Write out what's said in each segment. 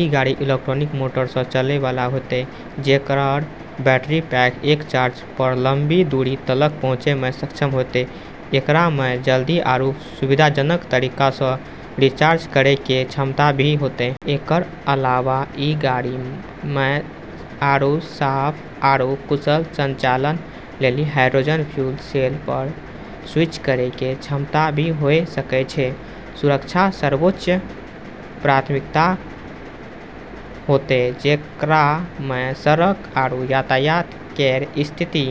ई गाड़ी electric motor स चलै वाला होतै, जेकर बैटरी पैक एक चार्ज प लंबी दूरी तलक पहुँचै मे सक्षम होतै। एकरा मे जल्दी आरू सुविधाजनक तरीका स रिचार्ज करै के क्षमता भी होतै। एकर अलावा ई गाड़ी मे आरू साफ आरू कुशल संचालन लेली हाइड्रोजन फ्यूल सेल प स्विच करै के क्षमता भी होय सकै छै। सुरक्षा सर्वोच्च प्राथमिकता होतै, जेकरा मे सड़क आरू यातायात केर स्थिति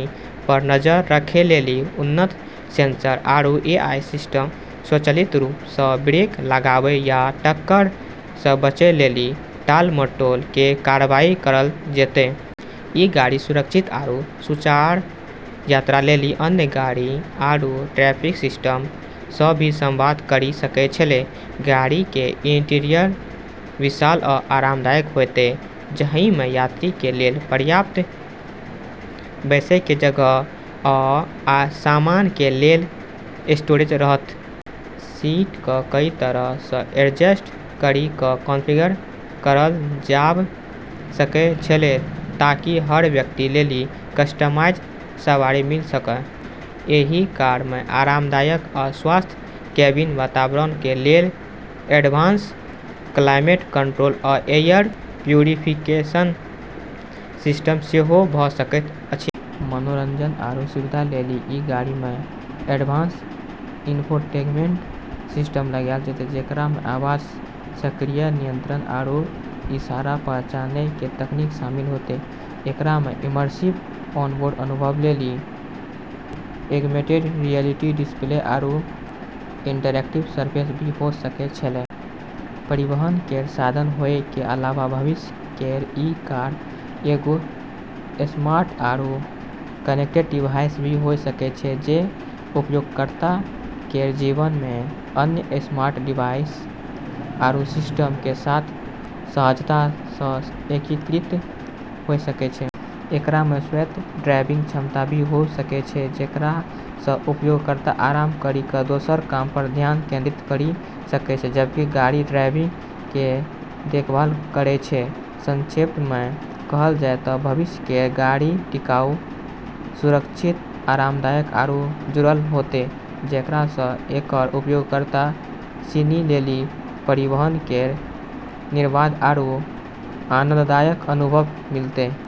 प नजर रखै लेली उन्नत सेंसर आरू एआई सिस्टम, स्वचालित रूप स ब्रेक लगाबै या टक्कर स बचै लेली टाल-मटोल के कार्रवाई करल जैतै। ई गाड़ी सुरक्षित आरू सुचारू यात्रा लेली अन्य गाड़ी आरू ट्रैफिक सिस्टम स भी संवाद करी सकै छेलै। गाड़ी के इंटीरियर विशाल आ आरामदायक होयत, जाहि में यात्री के लेल पर्याप्त बैसय के जगह आ सामान के लेल स्टोरेज रहत। सीट क कई तरह स एडजस्ट करी क कॉन्फ़िगर करल जाब सकै छेलै ताकि हर व्यक्ति लेली कस्टमाइज्ड सवारी मिल सक। एहि कार मे आरामदायक आ स्वस्थ केबिन वातावरण क लेल एडवांस क्लाइमेट कंट्रोल आ एयर प्यूरिफिकेशन सिस्टम सेहो भ सकैत अछि। मनोरंजन आरू सुविधा लेली ई गाड़ी मे एडवांस इन्फोटेनमेंट सिस्टम लगाल जैतै, जेकरा मे आवाज सक्रिय नियंत्रण आरू इशारा पहचानै के तकनीक शामिल होतै। एकरा मे इमर्सिव ऑनबोर्ड अनुभव लेली एग्मेंटेड रियलिटी डिस्प्ले आरू इंटरएक्टिव सरफेस भी हो सकै छेलै। परिवहन केर साधन होय के अलावा भविष्य केर ई कार एगो स्मार्ट आरू कनेक्टेड डिवाइस भी होय सकै छै, जे उपयोगकर्ता केर जीवन मे अन्य स्मार्ट डिवाइस आरू सिस्टम के साथ सहजता स एकीकृत होय सकै छै। एकरा मे स्वायत्त ड्राइविंग क्षमता भी हो सकै छै, जेकरा स उपयोगकर्ता आराम करी क दोसर काम प ध्यान केंद्रित करी सकै छै जबकि गाड़ी ड्राइविंग के देखभाल करै छै। संक्षेप मे कहल जाय त भविष्य केर गाड़ी टिकाऊ, सुरक्षित, आरामदायक, आरू जुड़ल होतै, जेकरा स एकर उपयोगकर्ता सिनी लेली परिवहन केर निर्बाध आरू आनंददायक अनुभव मिलतै।